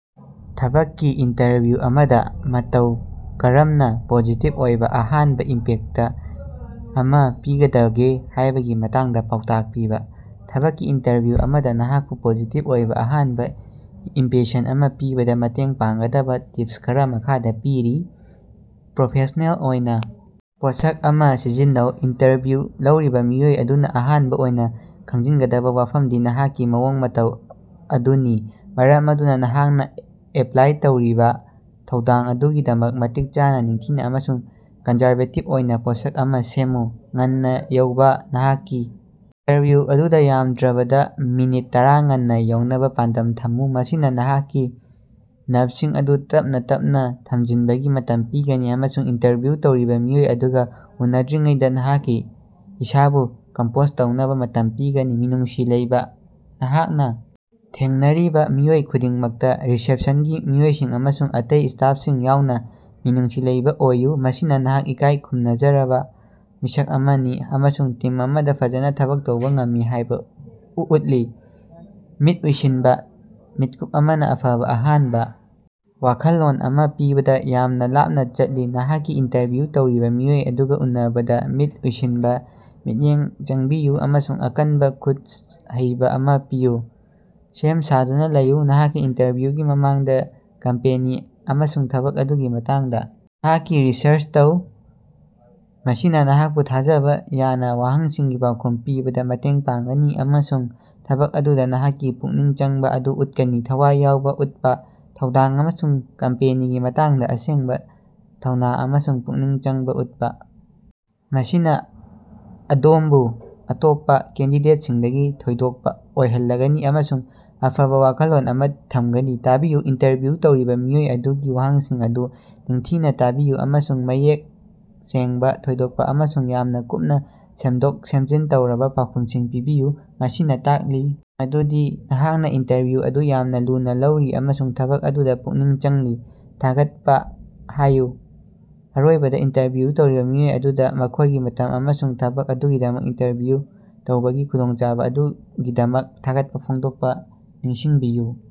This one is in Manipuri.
ꯊꯕꯛꯀꯤ ꯏꯟꯇꯔꯚ꯭ꯌꯨ ꯑꯃꯗ ꯃꯇꯧ ꯀꯔꯝꯅ ꯄꯣꯖꯤꯇꯤꯚ ꯑꯣꯏꯕ ꯑꯍꯥꯟꯕ ꯏꯝꯄꯦꯛꯇ ꯑꯃ ꯄꯤꯒꯗꯒꯦ ꯍꯥꯏꯕꯒꯤ ꯃꯇꯥꯡꯗ ꯄꯥꯎꯇꯥꯛ ꯄꯤꯕ꯫ ꯊꯕꯛꯀꯤ ꯏꯟꯇꯔꯚ꯭ꯌꯨ ꯑꯃꯗ ꯅꯍꯥꯛꯄꯨ ꯄꯣꯖꯤꯇꯤꯚ ꯑꯣꯏꯕ ꯑꯍꯥꯟꯕ ꯏꯝꯄꯦꯁꯟ ꯑꯃ ꯄꯤꯕꯗ ꯃꯇꯦꯡ ꯄꯥꯡꯒꯗꯕ ꯇꯤꯞꯁ ꯈꯔ ꯃꯈꯥꯗ ꯄꯤꯔꯤ: ꯄ꯭ꯔꯣꯐꯦꯁꯅꯦꯜ ꯑꯣꯏꯅ ꯄꯣꯠꯁꯛ ꯑꯃ ꯁꯤꯖꯤꯟꯅꯧ: ꯏꯟꯇꯔꯚꯤꯎ ꯂꯧꯔꯤꯕ ꯃꯤꯑꯣꯏ ꯑꯗꯨꯅ ꯑꯍꯥꯟꯕ ꯑꯣꯏꯅ ꯈꯪꯖꯤꯟꯒꯗꯕ ꯋꯥꯐꯝꯗꯤ ꯅꯍꯥꯛꯀꯤ ꯃꯑꯣꯡ-ꯃꯇꯧ ꯑꯗꯨꯅꯤ, ꯃꯔꯝ ꯑꯗꯨꯅ ꯅꯍꯥꯛꯅ ꯑꯦꯄ꯭ꯂꯥꯏ ꯇꯧꯔꯤꯕ ꯊꯧꯗꯥꯡ ꯑꯗꯨꯒꯤꯗꯃꯛ ꯃꯇꯤꯛ ꯆꯥꯅ, ꯅꯤꯡꯊꯤꯅ ꯑꯃꯁꯨꯡ ꯀꯟꯖꯔꯕꯦꯇꯤꯚ ꯑꯣꯏꯅ ꯄꯣꯠꯁꯛ ꯑꯃ ꯁꯦꯝꯃꯨ꯫ ꯉꯟꯅ ꯌꯧꯕ: ꯅꯍꯥꯛꯀꯤ ꯏꯟꯇꯔꯚꯤꯎ ꯑꯗꯨꯗ ꯌꯥꯝꯗ꯭ꯔꯕꯗ ꯃꯤꯅꯤꯠ ꯇꯔꯥ ꯉꯟꯅ ꯌꯧꯅꯕ ꯄꯥꯟꯗꯝ ꯊꯝꯃꯨ꯫ ꯃꯁꯤꯅ ꯅꯍꯥꯛꯀꯤ ꯅꯔꯚꯁꯤꯡ ꯑꯗꯨ ꯇꯞꯅꯥ ꯇꯞꯅꯥ ꯊꯃꯖꯤꯟꯕꯒꯤ ꯃꯇꯝ ꯄꯤꯒꯅꯤ ꯑꯃꯁꯨꯡ ꯏꯟꯇꯔꯚ꯭ꯌꯨ ꯇꯧꯔꯤꯕ ꯃꯤꯑꯣꯏ ꯑꯗꯨꯒ ꯎꯅꯗ꯭ꯔꯤꯉꯩꯗ ꯅꯍꯥꯛꯀꯤ ꯏꯁꯥꯕꯨ ꯀꯝꯄꯣꯖ ꯇꯧꯅꯕ ꯃꯇꯝ ꯄꯤꯒꯅꯤ꯫ ꯃꯤꯅꯨꯡꯁꯤ ꯂꯩꯕ: ꯅꯍꯥꯛꯅ ꯊꯦꯡꯅꯔꯤꯕ ꯃꯤꯑꯣꯏ ꯈꯨꯗꯤꯡꯃꯛꯇ, ꯔꯤꯁꯦꯞꯁꯟꯒꯤ ꯃꯤꯑꯣꯏꯁꯤꯡ ꯑꯃꯁꯨꯡ ꯑꯇꯩ ꯁ꯭ꯇꯥꯐꯁꯤꯡ ꯌꯥꯎꯅ, ꯃꯤꯅꯨꯡꯁꯤ ꯂꯩꯕ ꯑꯣꯏꯌꯨ꯫ ꯃꯁꯤꯅ ꯅꯍꯥꯛ ꯏꯀꯥꯏ ꯈꯨꯝꯅꯖꯔꯕ ꯃꯤꯁꯛ ꯑꯃꯅꯤ ꯑꯃꯁꯨꯡ ꯇꯤꯝ ꯑꯃꯗ ꯐꯖꯅ ꯊꯕꯛ ꯇꯧꯕ ꯉꯝꯃꯤ ꯍꯥꯏꯕ ꯎꯠꯂꯤ꯫ ꯃꯤꯠ ꯎꯏꯁꯤꯟꯕ: ꯃꯤꯠꯀꯨꯞ ꯑꯃꯅ ꯑꯐꯕ ꯑꯍꯥꯟꯕ ꯋꯥꯈꯜꯂꯣꯟ ꯑꯃ ꯄꯤꯕꯗ ꯌꯥꯃꯅ ꯂꯥꯞꯅ ꯆꯠꯂꯤ꯫ ꯅꯍꯥꯛꯀꯤ ꯏꯟꯇꯔꯚ꯭ꯌꯨ ꯇꯧꯔꯤꯕ ꯃꯤꯑꯣꯏ ꯑꯗꯨꯒ ꯎꯅꯕꯗ ꯃꯤꯠ ꯎꯏꯁꯤꯟꯕ, ꯃꯤꯠꯌꯦꯡ ꯆꯪꯕꯤꯌꯨ ꯑꯃꯁꯨꯡ ꯑꯀꯟꯕ ꯈꯨꯠꯁ ꯍꯩꯕ ꯑꯃ ꯄꯤꯌꯨ꯫ ꯁꯦꯝ ꯁꯥꯗꯨꯅ ꯂꯩꯌꯨ: ꯅꯍꯥꯛꯀꯤ ꯏꯟꯇꯔꯚ꯭ꯌꯨꯒꯤ ꯃꯃꯥꯡꯗꯥ ꯀꯝꯄꯦꯅꯤ ꯑꯃꯁꯨꯡ ꯊꯕꯛ ꯑꯗꯨꯒꯤ ꯃꯇꯥꯡꯗ ꯅꯍꯥꯛꯀꯤ ꯔꯤꯁꯔꯆ ꯇꯧ꯫ ꯃꯁꯤꯅ ꯅꯍꯥꯛꯄꯨ ꯊꯥꯖꯕ ꯌꯥꯅ ꯋꯥꯍꯪꯁꯤꯡꯒꯤ ꯄꯥꯎꯈꯨꯝ ꯄꯤꯕꯗ ꯃꯇꯦꯡ ꯄꯥꯡꯒꯅꯤ ꯑꯃꯁꯨꯡ ꯊꯕꯛ ꯑꯗꯨꯗ ꯅꯍꯥꯛꯀꯤ ꯄꯨꯛꯅꯤꯡ ꯆꯪꯕ ꯑꯗꯨ ꯎꯠꯀꯅꯤ꯫ ꯊꯋꯥꯏ ꯌꯥꯎꯕ ꯎꯠꯄ: ꯊꯧꯗꯥꯡ ꯑꯃꯁꯨꯡ ꯀꯝꯄꯦꯅꯤꯒꯤ ꯃꯇꯥꯡꯗ ꯑꯁꯦꯡꯕ ꯊꯧꯅ ꯑꯃꯁꯨꯡ ꯄꯨꯛꯅꯤꯡ ꯆꯪꯕ ꯎꯠꯄ꯫ ꯃꯁꯤꯅ ꯑꯗꯣꯝꯕꯨ ꯑꯇꯣꯞꯄ ꯀꯦꯟꯗꯤꯗꯦꯠꯁꯤꯡꯗꯒꯤ ꯊꯣꯏꯗꯣꯛꯄ ꯑꯣꯏꯍꯜꯂꯒꯅꯤ ꯑꯃꯁꯨꯡ ꯑꯐꯕ ꯋꯥꯈꯜꯂꯣꯟ ꯑꯃ ꯊꯝꯒꯅꯤ꯫ ꯇꯥꯕꯤꯌꯨ: ꯏꯟꯇꯔꯚ꯭ꯌꯨ ꯇꯧꯔꯤꯕ ꯃꯤꯑꯣꯏ ꯑꯗꯨꯒꯤ ꯋꯥꯍꯪꯁꯤꯡ ꯑꯗꯨ ꯅꯤꯡꯊꯤꯅ ꯇꯥꯕꯤꯌꯨ ꯑꯃꯁꯨꯡ ꯃꯌꯦꯛ ꯁꯦꯡꯕ, ꯊꯣꯏꯗꯣꯛꯄ ꯑꯃꯁꯨꯡ ꯌꯥꯝꯅ ꯀꯨꯞꯅ ꯁꯦꯝꯗꯣꯛ-ꯁꯦꯝꯖꯤꯟ ꯇꯧꯔꯕ ꯄꯥꯎꯈꯨꯝꯁꯤꯡ ꯄꯤꯕꯤꯌꯨ꯫ ꯃꯁꯤꯅ ꯇꯥꯛꯂꯤ ꯃꯗꯨꯗꯤ ꯅꯍꯥꯛꯅ ꯏꯟꯇꯔꯚ꯭ꯌꯨ ꯑꯗꯨ ꯌꯥꯝꯅ ꯂꯨꯅ ꯂꯧꯔꯤ ꯑꯃꯁꯨꯡ ꯊꯕꯛ ꯑꯗꯨꯗ ꯄꯨꯛꯅꯤꯡ ꯆꯪꯂꯤ꯫ ꯊꯥꯒꯠꯄ ꯍꯥꯏꯌꯨ: ꯑꯔꯣꯏꯕꯗ ꯏꯟꯇꯔꯚ꯭ꯌꯨ ꯇꯧꯔꯤꯕ ꯃꯤꯑꯣꯏ ꯑꯗꯨꯕꯨ ꯃꯈꯣꯏꯒꯤ ꯃꯇꯝ ꯑꯃꯁꯨꯡ ꯊꯕꯛ ꯑꯗꯨꯒꯤꯗꯃꯛ ꯏꯟꯇꯔꯚ꯭ꯌꯨ ꯇꯧꯕꯒꯤ ꯈꯨꯗꯣꯡꯆꯥꯕ ꯑꯗꯨꯒꯤꯗꯃꯛ ꯊꯥꯒꯠꯄ ꯐꯣꯡꯗꯣꯛꯄ ꯅꯤꯡꯁꯤꯡꯕꯤꯌꯨ꯫